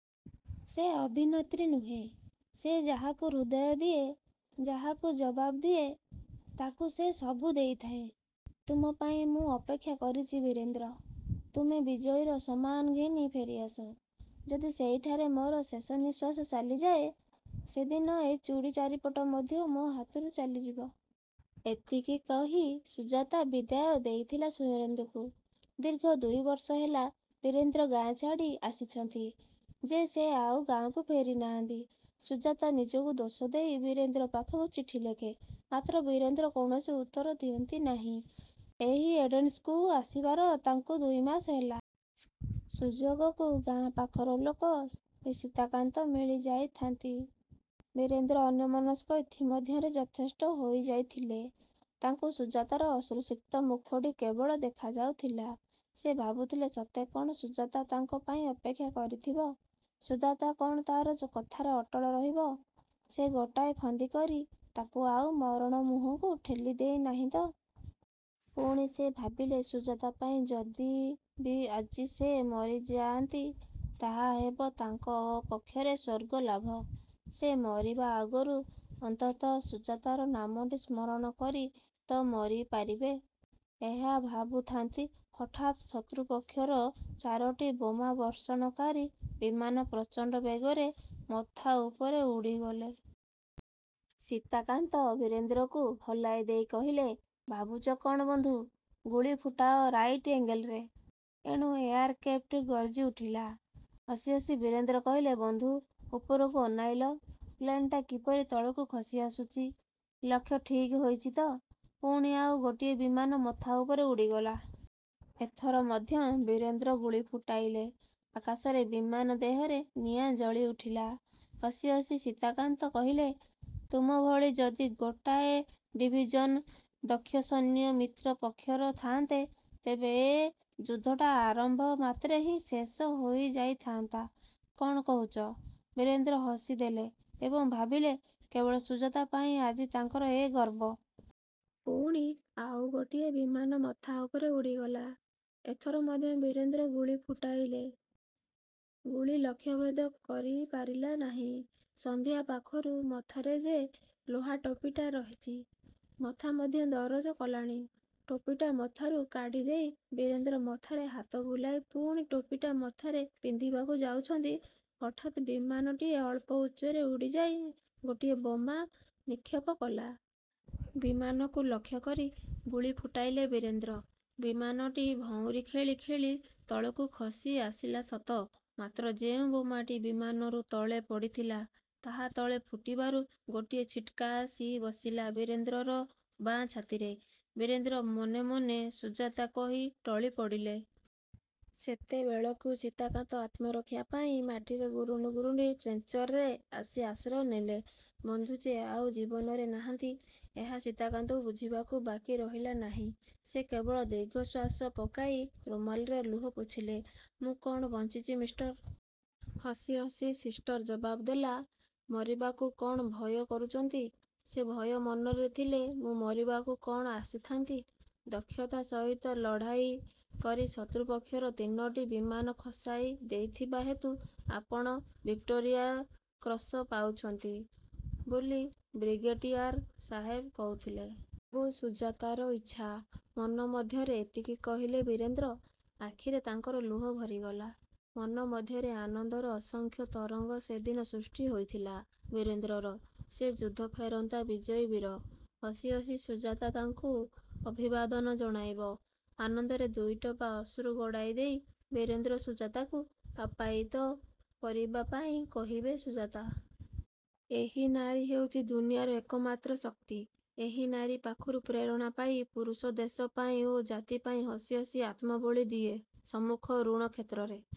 ସେ ଅଭିନେତ୍ରୀ ନୁହେଁ। ସେ ଯାହାକୁ ହୃଦୟ ଦିଏ, ଯାହାକୁ ଜବାବ୍ ଦିଏ, ତାକୁ ସେ ସବୁ ଦେଇଥାଏ। ତୁମ ପାଇଁ ମୁଁ ଅପେକ୍ଷା କରିଛି ବୀରେନ୍ଦ୍ର। ତୁମେ ବିଜୟୀର ସମ୍ମାନ ଘେନି ଫେରିଆସ। '' ''ଯଦି ସେହିଠାରେ ମୋର ଶେଷ ନିଶ୍ୱାସ ଚାଲିଯାଏ? '' ''ସେଦିନ ଏହି ଚୁଡ଼ି ଚାରିପଟ ମଧ୍ୟ ମୋ ହାତରୁ ଚାଲିଯିବ। '' ଏତିକି କହି ସୁଜାତା ବିଦାୟ ଦେଇଥିଲା ବୀରେନ୍ଦ୍ରକୁ। ଦୀର୍ଘ ଦୁଇବର୍ଷ ହେଲା ବୀରେନ୍ଦ୍ର ଗାଁ ଛାଡ଼ି ଆସିଛନ୍ତି ଯେ ସେ ଆଉ ଗାଁକୁ ଫେରିନାହାନ୍ତି। ସୁଜାତା ନିଜକୁ ଦୋଷ ଦେଇ ବୀରେନ୍ଦ୍ର ପାଖକୁ ଚିଠିଲେଖେ ମାତ୍ର ବୀରେନ୍ଦ୍ର କୌଣସି ଉତ୍ତର ଦିଅନ୍ତି ନାହିଁ। ଏହି ଏଡେନ୍କୁ ଆସିବାର ତାଙ୍କୁ ଦୁଇମାସ ହେଲା। ସୁଯୋଗକୁ ଗାଁ ପାଖର ଲୋକ ସୀତାକାନ୍ତ ମିଳିଯାଇଥାନ୍ତି। ବୀରେନ୍ଦ୍ର ଅନ୍ୟମନସ୍କ ଇତିମଧ୍ୟରେ ଯଥେଷ୍ଟ ହୋଇଯାଇଥିଲେ। ତାଙ୍କୁ ସୁଜାତାର ଅଶ୍ରୁସିକ୍ତ ମୁଖଟି କେବଳ ଦେଖାଯାଉଥିଲା। ସେ ଭାବୁଥିଲେ ସତେ କ'ଣ ସୁଜାତା ତାଙ୍କ ପାଇଁ ଅପେକ୍ଷା କରିଥିବ? ସୁଜାତା କ'ଣ ତା'ର କଥାରେ ଅଟଳ ରହିବ? ସେ ଗୋଟାଏ ଫନ୍ଦି କରି ତାକୁ ଆଉ ମରଣ ମୁହଁକୁ ଠେଲିଦେଇ ନାହିଁ ତ? ପୁଣି ସେ ଭାବିଲେ ସୁଜାତା ପାଇଁ ଯଦି ବି ଆଜି ସେ ମରିଯାଆନ୍ତି ତାହା ହେବ ତାଙ୍କ ପକ୍ଷରେ ସ୍ୱର୍ଗଲାଭ। ସେ ମରିବା ଆଗରୁ ଅନ୍ତତଃ ସୁଜାତାର ନାମଟି ସ୍ମରଣ କରି ତ ମରିପାରିବେ। ଏହା ଭାବୁଥାନ୍ତି, ହଠାତ୍ ଶତ୍ରୁ ପକ୍ଷର ଚାରୋଟି ବୋମାବର୍ଷଣକାରୀ ବିମାନ ପ୍ରଚଣ୍ଡ ବେଗରେ ମଥା ଉପରେ ଉଡ଼ିଗଲେ। ସୀତାକାନ୍ତ ବୀରେନ୍ଦ୍ରକୁ ହଲାଇଦେଇ କହିଲେ, ''ଭାବୁଛ କ'ଣ ବନ୍ଧୁ! ଗୁଳି ଫୁଟାଅ ରାଇଟ୍ ଏଙ୍ଗେଲରେ। '' ଏଣୁ ଏୟାର କ୍ରେପ୍ଟ ଗର୍ଜିଉଠିଲା। ହସିହସି ବୀରେନ୍ଦ୍ର କହିଲେ, ବନ୍ଧୁ! ଉପରକୁ ଅନାଇଲ। ପ୍ଲେନ୍ଟା କିପରି ତଳକୁ ଖସିଆସୁଛି। ଲକ୍ଷ୍ୟ ଠିକ୍ ହୋଇଛି ତ? '' ପୁଣି ଆଉ ଗୋଟିଏ ବିମାନ ମଥା ଉପରେ ଉଡ଼ିଗଲା। ଏଥର ମଧ୍ୟ ବୀରେନ୍ଦ୍ର ଗୁଳିଫୁଟାଇଲେ। ଆକାଶରେ ବିମାନ ଦେହରେ ନିଆଁ ଜଳିଉଠିଲା। ହସି ହସି ସୀତାକାନ୍ତ କହିଲେ, ''ତୁମଭଳି ଯଦି ଗୋଟାଏ ଡିଭିଜନ୍ ଦକ୍ଷସୈନ୍ୟ ମିତ୍ର ପକ୍ଷର ଥାଆନ୍ତେ, ତେବେ ଏ ଯୁଦ୍ଧଟା ଆରମ୍ଭ ମାତ୍ରେ ହିଁ ଶେଷ ହୋଇଯାଇଥାଆନ୍ତା। କ'ଣ କହୁଛ? '' ବୀରେନ୍ଦ୍ର ହସିଦେଲେ ଏବଂ ଭାବିଲେ କେବଳ ସୁଜାତା ପାଇଁ ଆଜି ତାଙ୍କର ଏ ଗର୍ବ। ପୁଣି ଆଉ ଗୋଟିଏ ବିମାନ ମଥା ଉପରେ ଉଡ଼ିଗଲା। ଏଥର ମଧ୍ୟ ବୀରେନ୍ଦ୍ର ଗୁଳି ଫୁଟାଇଲେ। ଗୁଳି ଲକ୍ଷ୍ୟଭେଦ କରିପାରିଲା ନାହିଁ। ସନ୍ଧ୍ୟା ପାଖରୁ ମଥାରେ ଯେ ଲୁହାଟୋପିଟା ରହିଛି ମଥା ମଧ୍ୟ ଦରଜ କଲାଣି। ଟୋପିଟା ମଥାରୁ କାଢ଼ିଦେଇ ବୀରେନ୍ଦ୍ର ମଥାରେ ହାତ ବୁଲାଇ ପୁଣି ଟୋପିଟା ମଥାରେ ପିନ୍ଧିବାକୁ ଯାଉଛନ୍ତି ହଠାତ୍ ବିମାନଟିଏ ଅଳ୍ପ ଉଚ୍ଚରେ ଉଡ଼ିଯାଇ ଗୋଟିଏ ବୋମା ନିକ୍ଷେପକଲା। ବିମାନକୁ ଲକ୍ଷ୍ୟକରି ଗୁଳି ଫୁଟାଇଲେ ବୀରେନ୍ଦ୍ର। ବିମାନଟି ଭଉଁରୀ ଖେଳି ଖେଳି ତଳକୁ ଖସି ଆସିଲା ସତ; ମାତ୍ର ଯେଉଁ ବୋମାଟି ବିମାନରୁ ତଳେ ପଡ଼ିଥିଲା ତାହା ତଳେ ଫୁଟିବାରୁ ଗୋଟିଏ ଛିଟିକା ଆସି ବସିଲା ବୀରେନ୍ଦ୍ରର ବାଁ ଛାତିରେ। ବୀରେନ୍ଦ୍ର ମନେମନେ 'ସୁଜାତା' କହି ଟଳିପଡ଼ିଲେ। ସେତେବେଳକୁ ସୀତାକାନ୍ତ ଆତ୍ମରକ୍ଷା ପାଇଁ ମାଟିରେ ଗୁରୁଣ୍ଡି ଗୁରୁଣ୍ଡି ଟ୍ରେଞ୍ଚରେ ଆସି ଆଶ୍ରୟ ନେଲେ। ବନ୍ଧୁ ଯେ ଆଉ ଜୀବନରେ ନାହାନ୍ତି ଏହା ସୀତାକାନ୍ତଙ୍କୁ ବୁଝିବାକୁ ବାକି ରହିଲା ନାହିଁ। ସେ କେବଳ ଦୀର୍ଘଶ୍ୱାସ ପକାଇ ରୁମାଲରେ ଲୁହ ପୋଛିଲେ। ''ମୁଁ କ'ଣ। ବଞ୍ଚିଛି ମିସ୍ଟର! '' ହସି ହସି ସିସ୍ଟର ଜବାବ୍ ଦେଲା, ''ମରିବାକୁ କ'ଣ ଭୟ କରୁଛନ୍ତି? '' ସେ ଭୟ ମନରେ ଥିଲେ ମୁଁ ମରିବାକୁ କ'ଣ ଆସିଥାନ୍ତି? ''ଦକ୍ଷତା ସହିତ ଲଢ଼ାଇ କରି ଶତ୍ରୁପକ୍ଷର ତିନୋଟି ବିମାନ ଖସାଇ ଦେଇଥିବା ହେତୁ ଆପଣ ଭିକ୍ଟୋରିଆ କ୍ରଶ ପାଉଛନ୍ତି ବୋଲି ବ୍ରିଗେଡ଼ିଆର ସାହେବ କହୁଥିଲେ। '' ''ସବୁ ସୁଜାତାର ଇଚ୍ଛା'' ମନ ମଧ୍ୟରେ ଏତିକି କହିଲେ ବୀରେନ୍ଦ୍ର। ଆଖିରେ ତାଙ୍କର ଲୁହ ଭରିଗଲା। ମନ ମଧ୍ୟରେ ଆନନ୍ଦର ଅସଂଖ୍ୟ ତରଙ୍ଗ ସେଦିନ ସୃଷ୍ଟି ହୋଇଥିଲା ବୀରେନ୍ଦ୍ରର। ସେ ଯୁଦ୍ଧ ଫେରନ୍ତା ବିଜୟୀ ବୀର। ହସି ହସି ସୁଜାତା ତାଙ୍କୁ ଅଭିବାଦନ ଜଣାଇବ, ଆନନ୍ଦରେ ଦୁଇଟୋପା ଅଶ୍ରୁ ଗଡ଼ାଇଦେଇ ବୀରେନ୍ଦ୍ର ସୁଜାତାକୁ ଆପ୍ୟାୟିତ କରିବା ପାଇଁ କହିବେ ''ସୁଜାତା! ଏହି ନାରୀ ହେଉଛି ଦୁନିଆରେ ଏକମାତ୍ର ଶକ୍ତି। ଏହି ନାରୀ ପାଖରୁ ପ୍ରେରଣା ପାଇ ପୁରୁଷ ଦେଶ ପାଇଁ ଓ ଜାତି ପାଇଁ ହସିହସି ଆତ୍ମବଳି ଦିଏ ସମ୍ମୁଖ ରଣକ୍ଷେତ୍ରରେ।